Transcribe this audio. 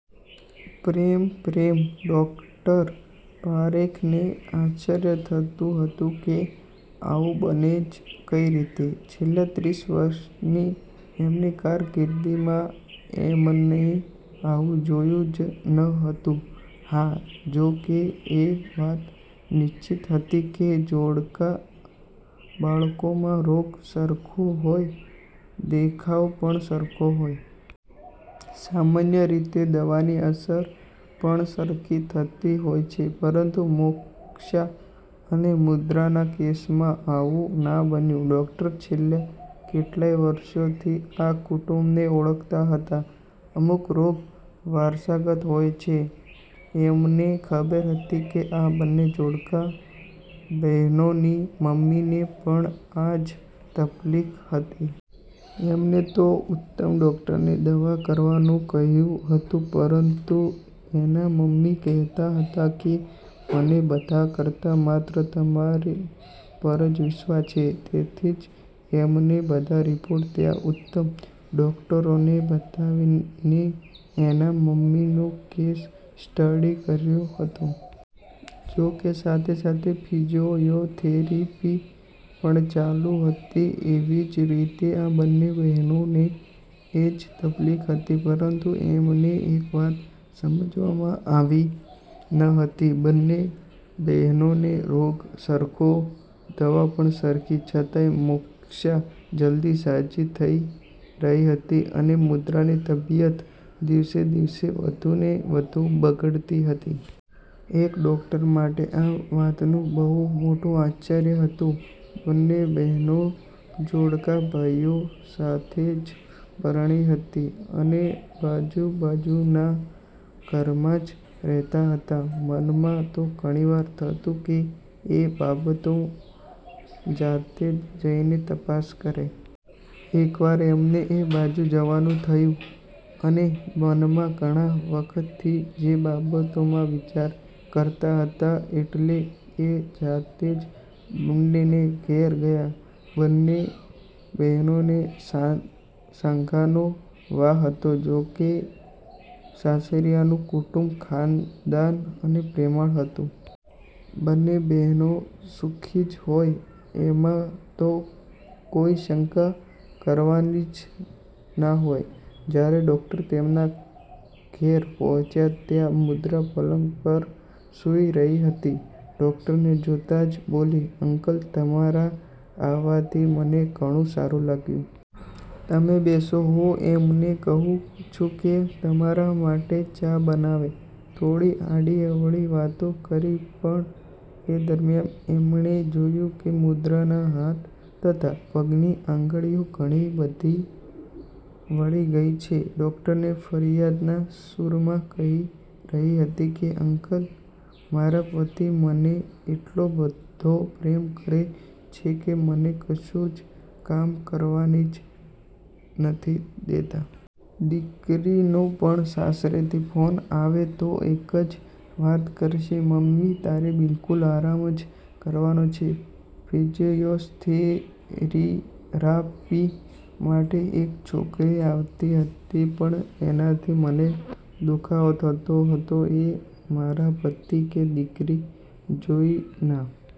પ્રેમ, પ્રેમ! ડોક્ટર પારેખને આશ્ચર્ય થતું હતું કે આવું બને જ કઈ રીતે? છેલ્લા ત્રીસ વર્ષની એમની કારકિર્દીમાં એમને આવું જોયુ જ ન હતું. હા, જો કે એક વાત નિશ્ચિત હતી કે જોડકા બાળકોમાં રોગ સરખો હોય, દેખાવ પણ સરખો હોય. સામાન્ય રીતે દવાની અસર પણ સરખી થતી હોય છે. પરંતુ મોક્ષા અને મુદ્રાના કેસમાં આવું ના બન્યું. ડોક્ટર છેલ્લા કેટલાય વર્ષોથી આ કુટુંબને ઓળખતા હતા. અમુક રોગ વારસાગત હોય છે. એમને ખબર હતી કે આ બંને જોડકા બહેનોની મમ્મીને પણ આ જ તકલીફ હતી. એમને તો ઉત્તમ ડોક્ટરની દવા કરવાનું કહ્યું હતું પરંતુ એના મમ્મી કહેતા હતાં કે,"મને બધા કરતાં માત્ર તમારી પર જ વિશ્વાસ છે." તેથી જ એમને બધા રિપોર્ટ ત્યાંના ઉત્તમ ડોક્ટરોને બતાવીને એના મમ્મીનો કેસ સ્ટડી કર્યો હતો. જો કે સાથે-સાથે ફિજીયોથેરેપી પણ ચાલુ હતી. એવી જ રીતે આ બંને બહેનોને એ જ તકલીફ હતી. પરંતુ એમને એક વાત સમજમાં આવતી ન હતી, બંને બહેનોને રોગ સરખો, દવા પણ સરખી, છતાંય મોક્ષા જલ્દી સાજી થઈ રહી હતી અને મુદ્રાની તબિયત દિવસે-દિવસે વધુને વધુ બગડતી હતી. એક ડોક્ટર માટે આ વાતનું બહુ મોટું આશ્ચર્ય હતું. બંને બહેનો જોડકા ભાઈઓ સાથે જ પરણી હતી, અને બાજુ-બાજુના ઘરમાં જ રહેતા હતા. મનમાં તો ઘણીવાર થતું કે એ બાબતમાં જાતે જઈને તપાસ કરે. એકવાર એમને એ બાજુ જવાનું થયું અને મનમાં ઘણા વખતથી જે બાબતમાં વિચાર કરતા હતાં એટલે એ જાતે જ બંનેને ઘેર ગયા. બંને બહેનોને સાંધાનો વા હતો. જો કે સાસરીનું કુટુંબ ખાનદાન અને પ્રેમાળ હતું. બંને બહેનો સુખી જ હોય એમાં તો કોઈ શંકા કરવાની જ ના હોય. જ્યારે ડોક્ટર તેમના ઘેર પહોંચ્યા ત્યારે મુદ્રા પલંગ પર સૂઈ રહી હતી. ડોક્ટર ને જોતા જ બોલી,"અંકલ, તમારા આવવાથી મને ઘણું સારું લાગ્યું. તમે બેસો, હું એમને કહું છું કે તમારા માટે ચા બનાવે." થોડી આડીઅવળી વાતો કરી પણ એ દરમ્યાન એમણે જોયું કે મુદ્રાના હાથ તથા પગની આંગળીઓ ઘણી બધી વળી ગઈ છે. ડોક્ટરને ફરિયાદના સૂરમાં કહી રહી હતી કે, "અંકલ, મારા પતિ મને એટલો બધો પ્રેમ કરે છે કે મને કશું જ કામ કરવા જ નથી દેતાં. દીકરીનો પણ સાસરેથી ફોન આવે તો એક જ વાત કરશે, "મમ્મી, તારે બિલકુલ આરામ જ કરવાનો છે." ફિઝિયોથેરાપી માટે એક છોકરી આવતી હતી પણ એનાથી મને દુખાવો થતો હતો એ મારા પતિ કે દીકરી જોઈ ના